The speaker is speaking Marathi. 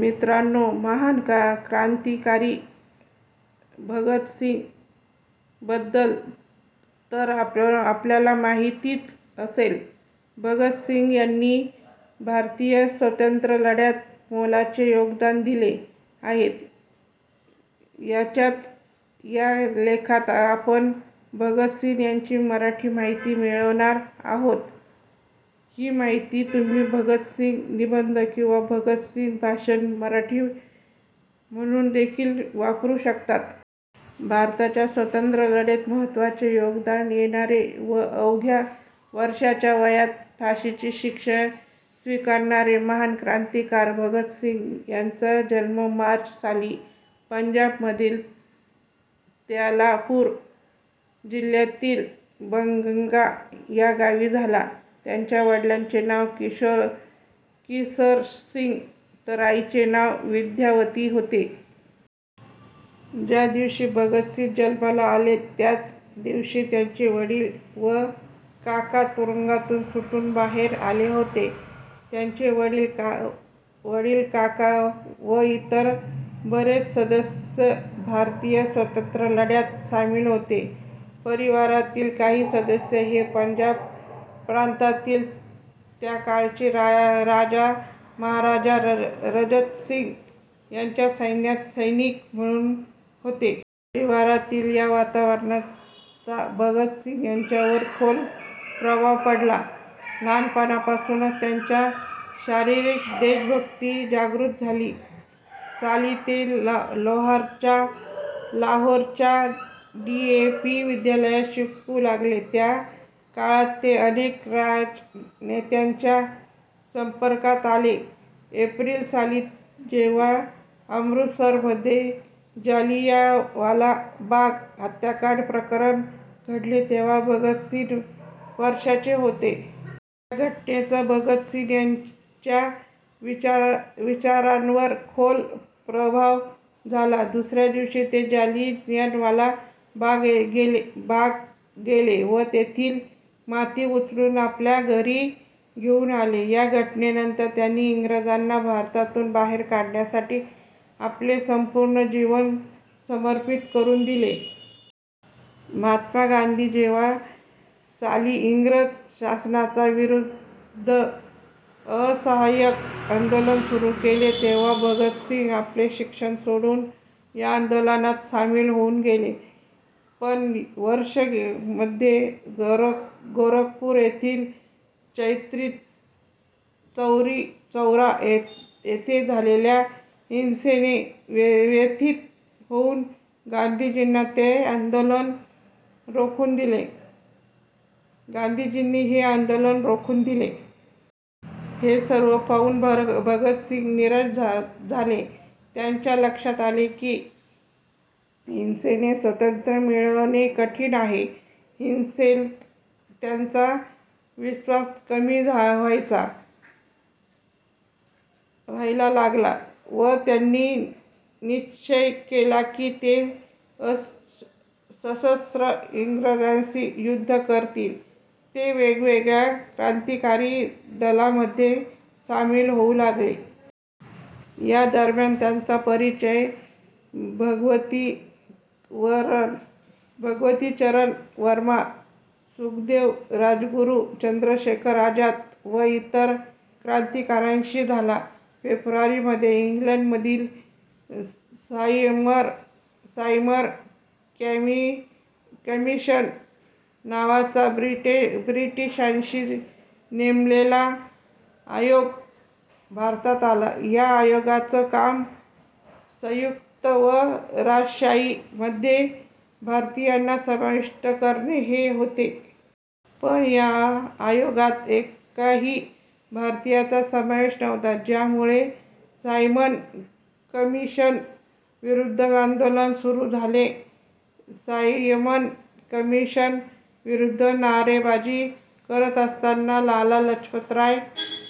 मित्रानो महान क्रांतिकारी भगत सिंह बद्दल तर आपणाला माहितीच असेल. भगत सिंह यांनी भारतीय स्वतंत्र लढ्यात मोलाचे योगदान दिले आहे, याजच्या या लेखात आपण भगत सिंह यांची मराठी माहिती मिळवणार आहोत. ही माहिती तुम्ही भगत सिंह निबंध किंवा भगत सिंह भाषण मराठी म्हणून देखील वापरू शकतात. भारताच्या स्वतंत्र लढ्यात महत्त्वाचे योगदान देणारे व अवघ्या वर्षाच्या वयात फाशीची शिक्षा स्वीकारणारे महान क्रांतिकारी भगत सिंह यांचा जन्म मार्च साली पंजाब मधील ल्यालपुर जिल्ह्यातील बंगा या गावी झाला. त्यांचा वडिलांचे नाव किशन सिंह तर आईचे नाव विद्यावती होते. ज्या दिवशी भगत सिंह जन्माला आले त्याच दिवशी त्यांचे वडील व काका तुरुंगातून सुटून बाहेर आले होते. त्यांचे वडील, काका व इतर बरेच सदस्य भारतीय स्वांत्र्यलढ्यात सामील होते, परिवारातील काही सदस्य हे पंजाब प्रांतातील त्या काळचे राजा 'महाराज रणजितसिंह' याच्या सैन्यात सैनिक म्हणून होते. परिवारातील या वातावरणाचा भगत सिंह यांच्यावर खोल प्रभाव पडला. लहापणापासूनच त्यांच्या शरीरात देशभक्ती जागृत झाली. साली ते लाहोर च्या डी ए वी विद्यालयात शिकू लागले. त्या काळात ते अनेक राजनेत्याच्या संपर्कात आले. एप्रिल साली जेव्हा अमृतसर मध्ये जालियनवाला बाग हत्याकांड प्रकरण घडले तेव्हा भगत सिंह वर्षाचे होते. या घटनेचा भगत सिंह यांच्या विचारावर खोल प्रभाव झाला. दुसऱ्या दिवशी ते जालियनवाला बाग गेले व तेथील माती उचलून आपल्या घरी घेऊन आले. या घटनेनंतर त्यांनी इंग्रजांना भारतातून बाहेर करण्यासाठी आपले संपूर्ण जीवन समर्पित करून दिले. महात्मा गांधींनी जेव्हा साली इंग्रज शासाना विरुद्ध असहयोग आंदोलन सुरू केले, तेव्हा भगत सिंह आपले शिक्षण सोडून या आंदोलनात सामील होऊन गेले. पण वर्ष मध्ये गोरखपूर मधील चौरीचौरा येथे झालेल्या हिंसेने व्यथित होऊन गांधीजींनी हे आंदोलन रोखून दिले. हे सर्व पाहून भगत सिंह निराश झाले. त्यांच्या लक्षात आले की आहिंसेने स्वतंत्र मिळवणे कठीण आहे. आहिंसेत त्याचा विश्वास कमी व्हायला लागला व त्यांनी निश्चय केला की ते सशस्त्र इंग्रजांशी युद्ध करतील. ते वेगवगळ्या क्रांतिकारी दलामध्ये शामिल होऊ लागले. या दरम्यान त्यांचा परिचय भगवती चरण वर्मा, सुखदेव, राजगुरू, चंद्रशेखर आझाद व इतर क्रांतिकारीशी झाला. फेब्रुवारी मध्ये इंग्लंड मधून सायमन कमिशन नावाचा ब्रिटिशांनी नेमलेला आयोग भारतात आला. या आयोगाचे काम स्वायत्तता व राजशाही मध्ये भारतीयांना समाविष्ट करणे हे होते. पण या आयोगात एकाही भारतीयाचा समावेश नव्हता. ज्यामुळे सायमन कमिशन विरुद्ध आंदोलन सुरू झाले. सायमन कमिशन विरुद्ध नारेबाजी करत असताना लाला लजपतराय